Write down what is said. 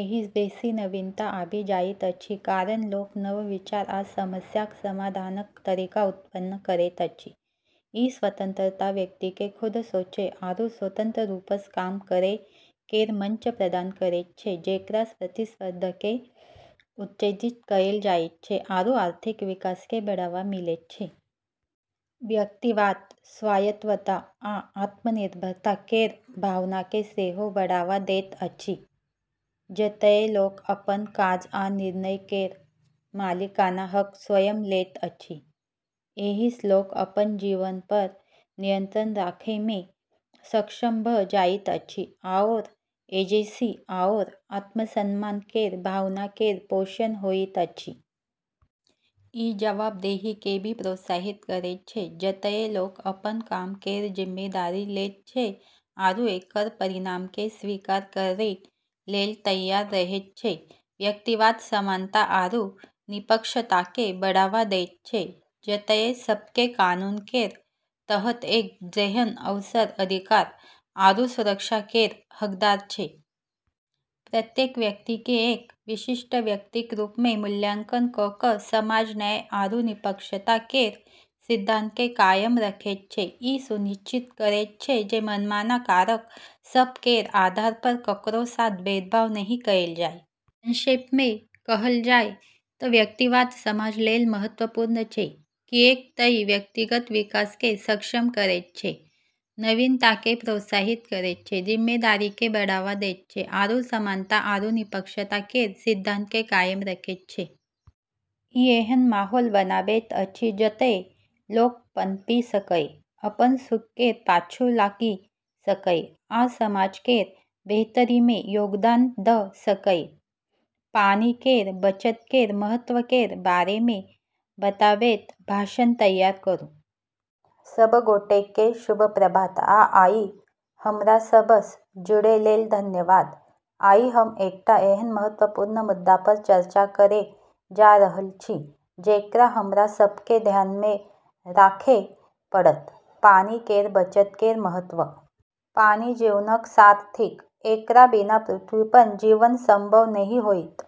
एहिसँ बेसी नवीनता आबि जाइत अछि, कारण लोक नव विचार आ समस्याक समाधानक तरीका उत्पन्न करैत अछि। ई स्वतंत्रता व्यक्तिकेँ खुद सोचै आरू स्वतंत्र रूपसँ काम करै केर मंच प्रदान करैत छै, जेकरासँ प्रतिस्पर्धाकेँ उत्तेजित कएल जाइत छै आरू आर्थिक विकासकेँ बढ़ावा मिलैत छै। व्यक्तिवाद स्वायत्तता आ आत्मनिर्भरता केर भावनाकेँ सेहो बढ़ावा दैत अछि, जतए लोक अपन काज आ निर्णय केर मालिकाना हक स्वयं लैत अछि। एहिसँ लोक अपन जीवनपर नियंत्रण राखैमे सक्षम भऽ जाइत अछि आओर एजेंसी आओर आत्मसम्मान केर भावना केर पोषण होइत अछि। ई जवाबदेहीकेँ भी प्रोत्साहित करैत छै, जतए लोक अपन काम केर जिम्मेदारी लैत छै आरू एकर परिणामकेँ स्वीकार करै लेल तैयार रहैत छै। व्यक्तिवाद समानता आरू निष्पक्षताकेँ बढ़ावा दैत छै, जतए सभकेँ कानून केर तहत एक जेहन अवसर, अधिकार, आरू सुरक्षा केर हकदार छै। प्रत्येक व्यक्तिकेँ एक विशिष्ट व्यक्तिक रूपमे मूल्यांकन कऽ कऽ समाज न्याय आरू निष्पक्षता केर सिद्धांतकेँ कायम रखैत छै, ई सुनिश्चित करैत छै जे मनमाना कारक सभ केर आधारपर ककरो साथ भेदभाव नहि कएल जाए। संक्षेपमे कहल जाए तऽ व्यक्तिवाद समाज लेल महत्वपूर्ण छै, किऐक तऽ ई व्यक्तिगत विकासकेँ सक्षम करैत छै, नवीनताकेँ प्रोत्साहित करैत छै, जिम्मेदारीकेँ बढ़ावा दैत छै, आरू समानता आरू निष्पक्षता केर सिद्धांतकेँ कायम रखैत छै। ई एहन माहौल बनाबैत अछि जतए लोक पनपि सकए, अपन सुख केर पाछू लागि सकए, आ समाज केर बेहतरीमे योगदान दऽ सकए। पानि केर बचत केर महत्व केर बारेमे बताबैत भाषण तैयार करू। सब गोटेकेँ शुभ प्रभात, आ आइ हमरा सबसँ जुड़ै लेल धन्यवाद। आइ हम एकटा एहन महत्वपूर्ण मुद्दापर चर्चा करै जा रहल छी जेकरा हमरा सभकेँ ध्यानमे राखै पड़त: पानि केर बचत केर महत्व। पानि जीवनक सार थिक; एकरा बिना पृथ्वीपर जीवन संभव नहि होइत।